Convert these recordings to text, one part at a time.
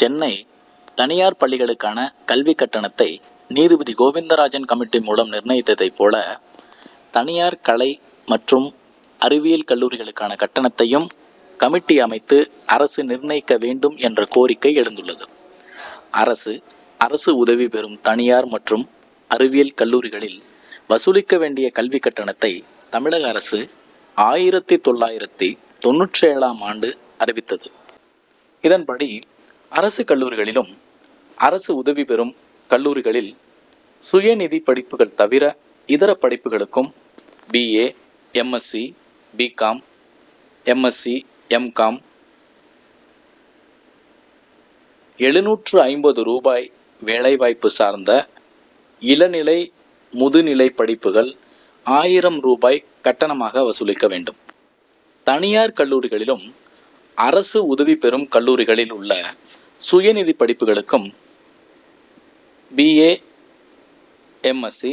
சென்னை தனியார் பள்ளிகளுக்கான கல்விக் கட்டணத்தை நீதிபதி கோவிந்தராஜன் கமிட்டி மூலம் நிர்ணயித்ததைப் போல, தனியார் கலை மற்றும் அறிவியல் கல்லூரிகளுக்கான கட்டணத்தையும் கமிட்டியை அமைத்து அரசு நிர்ணயிக்க வேண்டும் என்ற கோரிக்கை எழுந்துள்ளது. அரசு, அரசு உதவிபெறும், தனியார் கலை மற்றும் அறிவியல் கல்லூரிகளில் வசூலிக்க வேண்டிய கல்விக் கட்டணத்தை தமிழக அரசு, ஆயிரத்து தொள்ளாயிரத்து தொண்ணூற்றேழாம் ஆண்டு அறிவித்தது. இதன்படி, அரசு கல்லூரிகளிலும், அரசு உதவிபெறும் கல்லூரிகளில் சுயநிதிப் படிப்புகள் தவிர இதர படிப்புகளுக்கும் B. A., M. S C., B. Com., M. S C., M. Com., எழுநூற்று ஐம்பது ரூபாய், வேலைவாய்ப்பு சார்ந்த இளநிலை, முதுநிலை படிப்புகள் ஆயிரம் ரூபாய் கட்டணமாக வசூலிக்க வேண்டும். தனியார் கல்லூரிகளிலும், அரசு உதவிபெறும் கல்லூரிகளில் உள்ள சுயநிதி படிப்புகளுக்கும் B. A., M. S C.,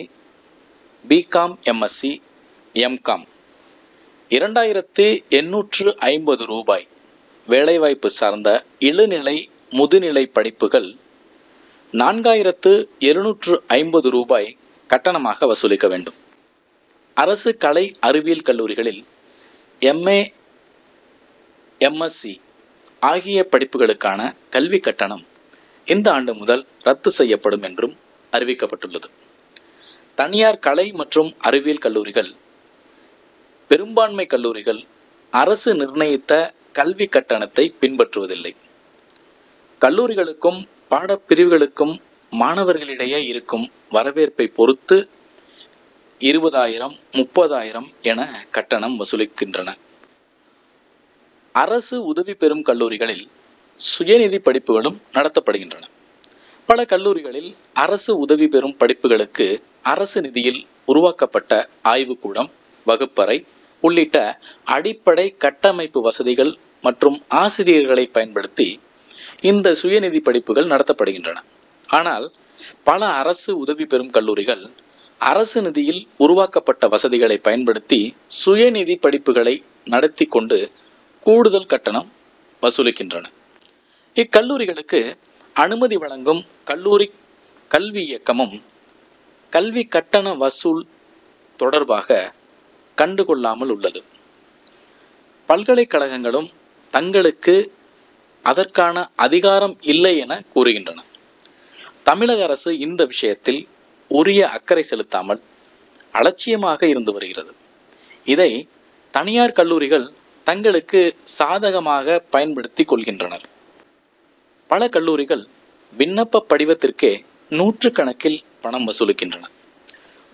B. Com., M. S C., M. Com., இரண்டாயிரத்து எண்ணூற்று ஐம்பது ரூபாய், வேலைவாய்ப்பு சார்ந்த இளநிலை, முதுநிலை படிப்புகள் நான்காயிரத்து எழுநூற்று ஐம்பது ரூபாய் கட்டணமாக வசூலிக்க வேண்டும். அரசு கலை அறிவியல் கல்லூரிகளில் எம். ஏ. எம். எஸ்சி., ஆகிய படிப்புகளுக்கான கல்விக் கட்டணம் இந்த ஆண்டு முதல் ரத்து செய்யப்படும் என்றும் அறிவிக்கப்பட்டுள்ளது. தனியார் கலை மற்றும் அறிவியல் கல்லூரிகள், பெரும்பான்மை கல்லூரிகள் அரசு நிர்ணயித்த கல்விக் கட்டணத்தை பின்பற்றுவதில்லை. கல்லூரிகளுக்கும், பாடப்பிரிவுகளுக்கும் மாணவர்களிடையே இருக்கும் வரவேற்பைப் பொறுத்து, இருபதாயிரம், முப்பதாயிரம் என கட்டணம் வசூலிக்கின்றன. அரசு உதவிபெறும் கல்லூரிகளில், சுயநிதி படிப்புகளும் நடத்தப்படுகின்றன. பல கல்லூரிகளில் அரசு உதவிபெறும் படிப்புகளுக்கு அரசு நிதியில் உருவாக்கப்பட்ட ஆய்வுக்கூடம், வகுப்பறை உள்ளிட்ட அடிப்படை கட்டமைப்பு வசதிகள் மற்றும் ஆசிரியர்களை பயன்படுத்தி, இந்த சுயநிதிப் படிப்புகள் நடத்தப்படுகின்றன. ஆனால், பல அரசு உதவிபெறும் கல்லூரிகள், அரசு நிதியில் உருவாக்கப்பட்ட வசதிகளை பயன்படுத்தி சுயநிதி படிப்புகளை நடத்திக் கொண்டு கூடுதல் கட்டணம் வசூலிக்கின்றன. இக்கல்லூரிகளுக்கு அனுமதி வழங்கும் கல்லூரிக் கல்வி இயக்ககமும் கல்விக் கட்டண வசூல் தொடர்பாக கண்டுகொள்ளாமல் உள்ளது. பல்கலைக் கழகங்களும் தங்களுக்கு அதற்கான அதிகாரம் இல்லை என கூறுகின்றன. தமிழக அரசு இந்த விஷயத்தில் உரிய அக்கறை செலுத்தாமல், அலட்சியமாக இருந்து வருகிறது. இதை தனியார் கல்லூரிகள் தங்களுக்கு சாதகமாக பயன்படுத்திக் கொள்கின்றனர். பல கல்லூரிகள் விண்ணப்பப் படிவத்திற்கே, நூற்றுக்கணக்கில் பணம் வசூலிக்கின்றன.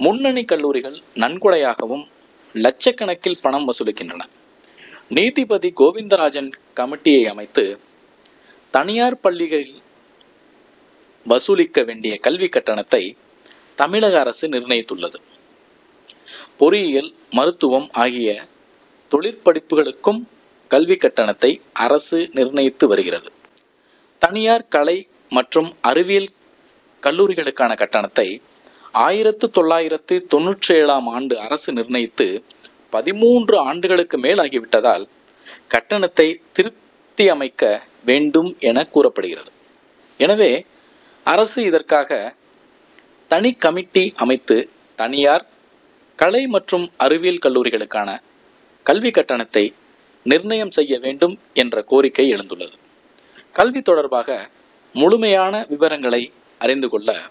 முன்னணி கல்லூரிகள் நன்கொடையாகவும் லட்சக்கணக்கில் பணம் வசூலிக்கின்றன. நீதிபதி கோவிந்தராஜன் கமிட்டியை அமைத்து, தனியார் பள்ளிகளில் வசூலிக்க வேண்டிய கல்விக் கட்டணத்தை தமிழக அரசு நிர்ணயித்துள்ளது. பொறியியல், மருத்துவம் ஆகிய தொழிற்படிப்புகளுக்கும் கல்விக் கட்டணத்தை அரசு நிர்ணயித்து வருகிறது. தனியார் கலை மற்றும் அறிவியல் கல்லூரிகளுக்கான கட்டணத்தை ஆயிரத்து தொள்ளாயிரத்து தொண்ணூற்றேழாம் ஆண்டு அரசு நிர்ணயித்து, பதின்மூன்று ஆண்டுகளுக்கும் மேல் ஆகிவிட்டதால், கட்டணத்தை திருத்தியமைக்க வேண்டும் என கூறப்படுகிறது. எனவே அரசு இதற்காக தனிக் கமிட்டி அமைத்து, தனியார் கலை மற்றும் அறிவியல் கல்லூரிகளுக்கான கல்விக் கட்டணத்தை நிர்ணயம் செய்ய வேண்டும் என்ற கோரிக்கை எழுந்துள்ளது. கல்வி தொடர்பாக முழுமையான விவரங்களை அறிந்து கொள்ள